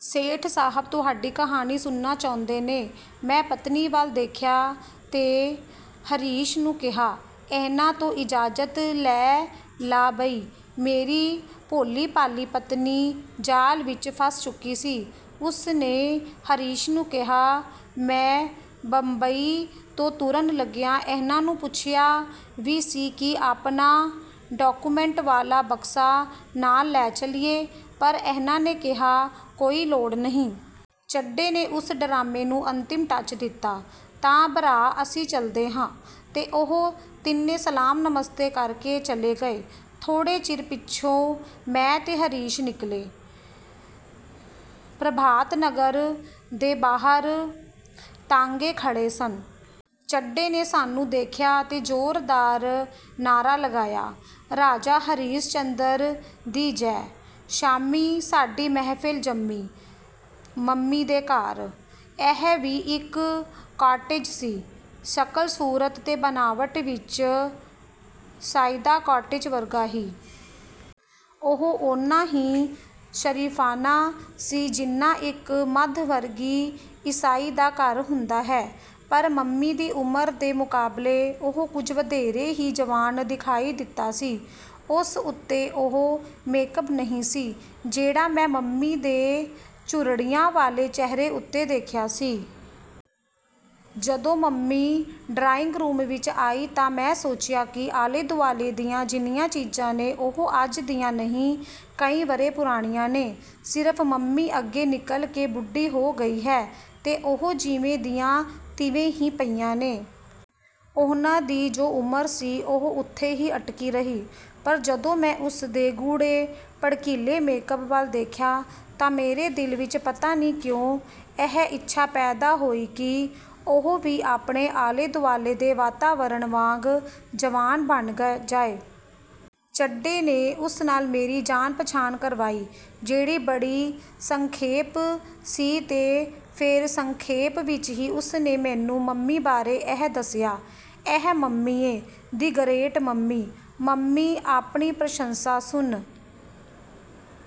ਸੇਠ ਸਾਹਬ ਤੁਹਾਡੀ ਕਹਾਣੀ ਸੁਣਨਾ ਚਾਹੁੰਦੇ ਨੇ। "ਮੈਂ ਪਤਨੀ ਵੱਲ ਦੇਖਿਆ ਤੇ ਹਰੀਸ਼ ਨੂੰ ਕਿਹਾ, "ਇਹਨਾਂ ਤੋਂ ਇਜਾਜ਼ਤ ਲੈ ਲਾ ਬਈ। "ਮੇਰੀ ਭੋਲੀ-ਭਾਲੀ ਪਤਨੀ ਜਾਲ ਵਿਚ ਫਸ ਚੁੱਕੀ ਸੀ। ਉਸਨੇ ਹਰੀਸ਼ ਨੂੰ ਕਿਹਾ, "ਮੈਂ ਬੰਬਈ ਤੋਂ ਤੁਰਨ ਲੱਗਿਆਂ ਇਹਨਾਂ ਨੂੰ ਪੁੱਛਿਆ ਵੀ ਸੀ ਕਿ ਆਪਣਾ ਡਾਕੂਮੈਂਟ ਵਾਲਾ ਬਕਸਾ ਨਾਲ ਲੈ ਚੱਲੀਏ, ਪਰ ਇਹਨਾਂ ਨੇ ਕਿਹਾ, ਕੋਈ ਲੋੜ ਨਹੀਂ। " ਚੱਡੇ ਨੇ ਉਸ ਡਰਾਮੇਂ ਨੂੰ ਅੰਤਿਮ ਟੱਚ ਦਿੱਤਾ, "ਤਾਂ ਭਰਾ ਅਸੀਂ ਚੱਲਦੇ ਹਾਂ। "ਤੇ ਉਹ ਤਿੰਨੇ ਸਲਾਮ-ਨਮਸਤੇ ਕਰਕੇ ਚਲੇ ਗਏ। ਥੋੜ੍ਹੇ ਚਿਰ ਪਿੱਛੋਂ ਮੈਂ ਤੇ ਹਰੀਸ਼ ਨਿਕਲੇ। ਪ੍ਰਭਾਤਨਗਰ ਦੇ ਬਾਹਰ ਤਾਂਗੇ ਖੜ੍ਹੇ ਸਨ। ਚੱਡੇ ਨੇ ਸਾਨੂੰ ਦੇਖਿਆ ਤੇ ਜ਼ੋਰਦਾਰ ਨਾਅਰਾ ਲਗਾਇਆ, "ਰਾਜਾ ਹਰੀਸ਼ ਚੰਦਰ ਦੀ, ਜੈ! "ਸ਼ਾਮੀਂ ਸਾਡੀ ਮਹਿਫਲ ਜੰਮੀ, ਮੰਮੀ ਦੇ ਘਰ। ਇਹ ਵੀ ਇਕ ਕਾਟੇਜ ਸੀ। ਸਕਲ ਸੂਰਤ ਤੇ ਬਨਾਵਟ ਵਿਚ ਸਈਦਾ ਕਾਟੇਜ ਵਰਗਾ ਹੀ। ਉਹ ਓਨਾਂ ਹੀ ਸਰੀਫ਼ਾਨਾ ਸੀ ਜਿੰਨਾਂ ਇਕ ਮੱਧ ਵਰਗੀ ਈਸਾਈ ਦਾ ਘਰ ਹੁੰਦਾ ਹੈ। ਪਰ ਮੰਮੀ ਦੀ ਉਮਰ ਦੇ ਮੁਕਾਬਲੇ ਉਹ ਕੁਝ ਵਧੇਰੇ ਹੀ ਜਵਾਨ ਦਿਖਾਈ ਦਿੱਤਾ ਸੀ। ਉਸ ਉੱਤੇ ਉਹ ਮੇਕਅੱਪ ਨਹੀਂ ਸੀ, ਜਿਹੜਾ ਮੈਂ ਮੰਮੀ ਦੇ ਝੁਰੜੀਆਂ ਵਾਲੇ ਚਿਹਰੇ ਉੱਤੇ ਦੇਖਿਆ ਸੀ। ਜਦੋਂ ਮੰਮੀ ਡਰਾਇੰਗ ਰੂਮ ਵਿਚ ਆਈ ਤਾਂ ਮੈਂ ਸੋਚਿਆ ਕਿ ਆਲੇ-ਦੁਆਲੇ ਦੀਆਂ ਜਿੰਨੀਆਂ ਚੀਜਾਂ ਨੇ, ਉਹ ਅੱਜ ਦੀਆਂ ਨਹੀਂ ਕਈ ਵਰ੍ਹੇ ਪੁਰਾਣੀਆਂ ਨੇ, ਸਿਰਫ ਮੰਮੀ ਅੱਗੇ ਨਿਕਲ ਕੇ ਬੁੱਢੀ ਹੋ ਗਈ ਹੈ ਤੇ ਉਹ ਜਿਵੇਂ ਦੀਆਂ ਤਿਵੇਂ ਹੀ ਪਈਆਂ ਨੇ। ਉਹਨਾਂ ਦੀ ਜੋ ਉਮਰ ਸੀ, ਉਹ ਉੱਥੇ ਹੀ ਅਟਕੀ ਰਹੀ। ਪਰ ਜਦੋਂ ਮੈਂ ਉਸਦੇ ਗੂੜ੍ਹੇ ਭੜਕੀਲੇ ਮੇਕਅੱਪ ਵੱਲ ਦੇਖਿਆ ਤਾਂ ਮੇਰੇ ਦਿਲ ਵਿਚ ਪਤਾ ਨਹੀਂ ਕਿਉਂ, ਇਹ ਇੱਛਾ ਪੈਦਾ ਹੋਈ ਕਿ ਉਹ ਵੀ ਆਪਣੇ ਆਲੇ-ਦੁਆਲੇ ਦੇ ਵਾਤਾਵਰਣ ਵਾਂਗ ਜਵਾਨ ਬਣਗ ਜਾਏ। ਚੱਡੇ ਨੇ ਉਸ ਨਾਲ ਮੇਰੀ ਜਾਣ-ਪਛਾਣ ਕਰਵਾਈ, ਜਿਹੜੀ ਬੜੀ ਸੰਖੇਪ ਸੀ ਤੇ ਫੇਰ ਸੰਖੇਪ ਵਿਚ ਹੀ ਉਸਨੇ ਮੈਨੂੰ ਮੰਮੀ ਬਾਰੇ ਇਹ ਦੱਸਿਆ, "ਇਹ ਮੰਮੀ ਏਂ, ਦੀ ਗਰੇਟ ਮੰਮੀ। "ਮੰਮੀ ਆਪਣੀ ਪ੍ਰਸ਼ੰਸਾ ਸੁਨ